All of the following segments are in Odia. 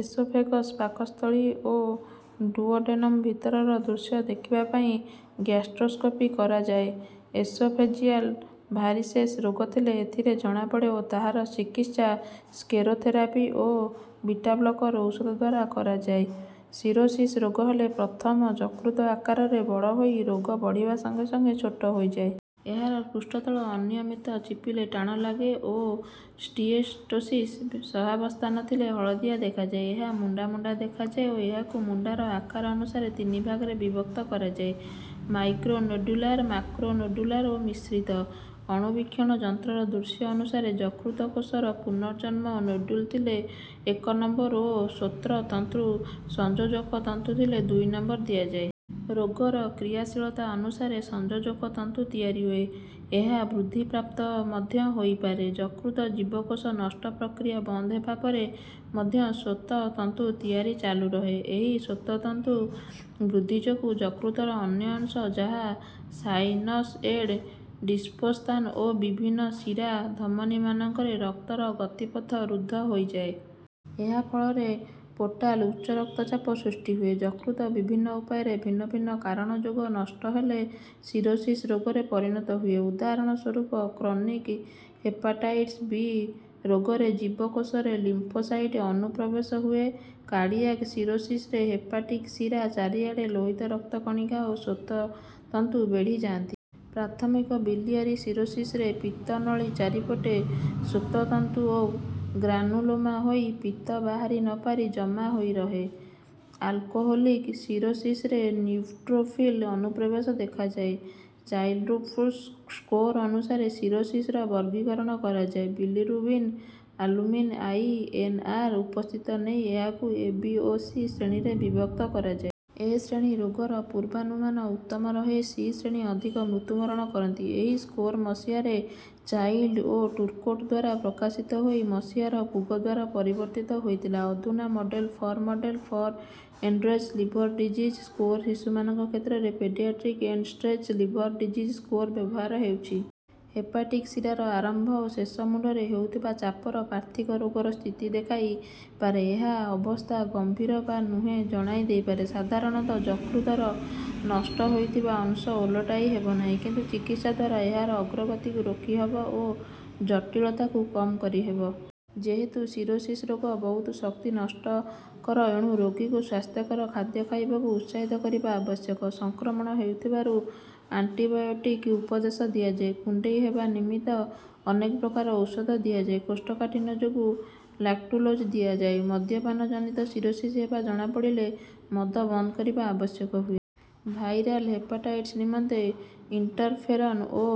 ଏସୋଫେଗସ୍ ପାକସ୍ଥଳୀ ଓ ଡୁଓଡେନମ୍ ଭିତରର ଦୃଶ୍ୟ ଦେଖିବା ପାଇଁ ଗ୍ୟାଷ୍ଟ୍ରୋସ୍କୋପି କରାଯାଏ। ଏସୋଫେଜିଆଲ୍ ଭାରିସେସ୍ ରୋଗ ଥିଲେ ଏଥିରେ ଜଣାପଡେ ଓ ତାହାର ଚିକିତ୍ସା ସ୍କ୍ଲେରୋଥେରାପି ଓ ବିଟାବ୍ଲକର ଔଷଧଦ୍ୱାରା କରାଯାଏ। ସିରୋସିସ୍ ରୋଗ ହେଲେ ପ୍ରଥମେ ଯକୃତ ଆକାରରେ ବଡ ହୋଇ ରୋଗ ବଢିବା ସଙ୍ଗେ ସଙ୍ଗେ ଛୋଟ ହୋଇଯାଏ। ଏହାର ପୃଷ୍ଠତଳ ଅନିୟମିତ ଚିପିଲେ ଟାଣ ଲାଗେ ଓ ସ୍ଟିଏଟୋସିସ୍ ସହାବସ୍ଥାନ ଥିଲେ ହଳଦିଆ ଦେଖାଯାଏ। ଏହା ମୁଣ୍ଡା ମୁଣ୍ଡା ଦେଖାଯାଏ ଓ ଏହାକୁ ମୁଣ୍ଡାର ଆକାର ଅନୁସାରେ ତିନି ଭାଗରେ ବିଭକ୍ତ କରାଯାଏ ମାଇକ୍ରୋନୋଡ୍ୟୁଲାର୍, ମାକ୍ରୋନୋଡ୍ୟୁଲାର୍ ଓ ମିଶ୍ରିତ। ଅଣୁବୀକ୍ଷଣ ଯନ୍ତ୍ର୍ରର ଦୃଶ୍ୟ ଅନୁସାରେ ଯକୃତ କୋଷର ପୁନର୍ଜନ୍ମ ନୋଡ୍ୟୁଲ ଥିଲେ ଏକ ନମ୍ବର ଓ ସୂତ୍ର ତନ୍ତୁ ସଂଯୋଜକ ତନ୍ତୁ ଥିଲେ ଦୁଇ ନମ୍ବର ଦିଆଯାଏ। ରୋଗର କ୍ରିୟାଶୀଳତା ଅନୁସାରେ ସଂଯୋଜକ ତନ୍ତୁ ତିଆରି ହୁଏ। ଏହା ବୃଦ୍ଧି ପ୍ରାପ୍ତ ମଧ୍ୟ ହୋଇପାରେ। ଯକୃତ ଜୀବକୋଷ ନଷ୍ଟ ପ୍ରକ୍ରିୟା ବନ୍ଦ ହେବା ପରେ ମଧ୍ୟ ସୂତ୍ର ତନ୍ତୁ ତିଆରି ଚାଲୁ ରହେ। ଏହି ସୂତ୍ର ତନ୍ତୁ ବୃଦ୍ଧି ଯୋଗୁ ଯକୃତର ଅନ୍ୟ ଅଂଶ ଯଥା ସାଇନୁସଏଡ୍ ଡିସ୍ସେ ସ୍ଥାନ ଓ ବିଭିନ୍ନ ଶିରା ଧମନୀମାନଙ୍କରେ ରକ୍ତର ଗତିପଥ ରୁଦ୍ଧ ହୋଇଯାଏ। ଏହା ଫଳରେ ପୋର୍ଟାଲ୍ ଉଚ୍ଚ ରକ୍ତ ଚାପ ସୃଷ୍ଟି ହୁଏ। ଯକୃତ ବିଭିନ୍ନ ଉପାୟରେ ଭିନ୍ନ ଭିନ୍ନ କାରଣ ଯୋଗ ନଷ୍ଟ ହେଲେ ସିରୋସିସ୍ ରୋଗରେ ପରିଣତ ହୁଏ। ଉଦାହରଣ ସ୍ୱରୁପ କ୍ରନିକ୍ ହେପାଟାଇଟିସ୍ ବି ରୋଗରେ ଜୀବକୋଷରେ ଲିମ୍ଫୋସାଇଟ ଅନୁପ୍ରବେଶ ହୁଏ କାର୍ଡିଆକ୍ ସିରୋସିସରେ ହେପାଟିକ ଶିରା ଚାରିଆଡେ ଲୋହିତ ରକ୍ତ କଣିକା ଓ ସୂତ୍ର ତନ୍ତୁ ବେଢି ଯାଆନ୍ତି। ପ୍ରାଥମିକ ବିଲିଆରି ସିରୋସିସରେ ପିତ୍ତ ନଳୀ ଚାରିପଟେ ସୂତ୍ରତନ୍ତୁ ଓ ଗ୍ରାନୁଲୋମା ହୋଇ ପିତ୍ତ ବାହାରି ନ ପାରି ଜମା ହୋଇରହେ। ଆଲକୋହୋଲିକ ସିରୋସିସରେ ନ୍ୟୁଟ୍ରୋଫିଲ୍ ଅନୁପ୍ରବେଶ ଦେଖାଯାଏ। ଚାଇଲ୍ଡ୍ପୁଗ୍ ସ୍କୋର ଅନୁସାରେ ସିରୋସିସର ବର୍ଗୀକରଣ କରାଯାଏ। Bilirubin albumin I. N. R. ଉପସ୍ଥିତି ନେଇ ଏହାକୁ ଏ ବି ଓ ସି ଶ୍ରେଣୀରେ ବିଭକ୍ତ କରାଯାଏ। ଏ ଶ୍ରେଣୀ ରୋଗର ପୂର୍ବାନୁମାନ ଉତ୍ତମ ରହେ ସି ଶ୍ରେଣୀ ଅଧିକ ମୃତ୍ୟୁ ବରଣ କରନ୍ତି। ଏହି ସ୍କୋର ମସିହାରେ ଚାଇଲ୍ଡ୍ ଓ ଟୁର୍କୋଟଦ୍ୱାରା ପ୍ରକାଶିତ ହୋଇ ମସିହାରେ ପୁଗଦ୍ୱାରା ପରିବର୍ତ୍ତିତ ହୋଇଥିଲା। ଅଧୁନା model for model for end stage liver disease score ଶିଶୁମାନଙ୍କ କ୍ଷେତ୍ରରେ paediatric end stage liver disease score ବ୍ୟବହାର ହେଉଛି। ହେପାଟିକ୍ ଶିରାର ଆରମ୍ଭ ଓ ଶେଷ ମୁଣ୍ଡରେ ହେଉଥିବା ଚାପର ପାର୍ଥକ୍ୟ ରୋଗର ସ୍ଥିତି ଦେଖାଇ ପାରେ ଏହା ଅବସ୍ଥା ଗମ୍ଭୀର ବା ନୁହେଁ ଜଣାଇ ଦେଇପାରେ। ସଧାରଣତଃ ଯକୃତର ନଷ୍ଟ ହୋଇଥିବା ଅଂଶ ଓଲଟାଇ ହେବନାହି। କିନ୍ତୁ ଚିକିତ୍ସା ଦ୍ୱାର ଏହାର ଅଗ୍ରଗତିକୁ ରୋକି ହେବ ଓ ଜଟୀଳତାକୁ କମ କରିହେବ। ଯେହେତୁ ସିରୋସିସ୍ ରୋଗ ବହୁତ ଶକ୍ତି ନଷ୍ଟ କର ଏଣୁ ରୋଗୀକୁ ସ୍ୱାସ୍ଥ୍ୟକର ଖାଦ୍ୟ ଖାଇବାକୁ ଉତ୍ସାହିତ କରିବା ଆବଶ୍ୟକ। ସଂକ୍ରମଣ ହେଉଥିବାରୁ ଆଣ୍ଟିବାୟୋଟିକ ଉପଦେଶ ଦିଆଯାଏ। କୁଣ୍ଡେଇ ହେବା ନିମିତ୍ତ ଅନେକ ପ୍ରକାରର ଔଷଧ ଦିଆଯାଏ। କୋଷ୍ଠକାଠିନ୍ୟ ଯୋଗୁଁ ଲାକ୍ଟୁଲୋଜ ଦିଆଯାଏ। ମଦ୍ୟପାନ ଜନିତ ସିରୋସିସ୍ ହେବା ଜଣା ପଡ଼ିଲେ ମଦ ବନ୍ଦ କରିବା ଆବଶ୍ୟକ ହୁଏ। ଭାଇରାଲ୍ ହେପାଟାଇଟିସ୍ ନିମନ୍ତେ ଇଣ୍ଟରଫେରନ୍ ଓ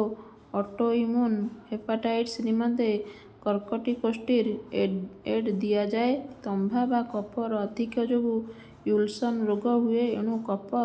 ଅଟୋଇମ୍ୟୁନ୍‌ ହେପାଟାଇଟିସ ନିମନ୍ତେ କକର୍ଟିକୋଷ୍ଟିରଏଡ୍‌ଦିଆଯାଏ। ତମ୍ବା ବା କପର୍ ଆଧିକ୍ୟ ଯୋଗୁଁ ୱିଲସନ୍‌ ରୋଗ ହୁଏ ଏଣୁ କପର୍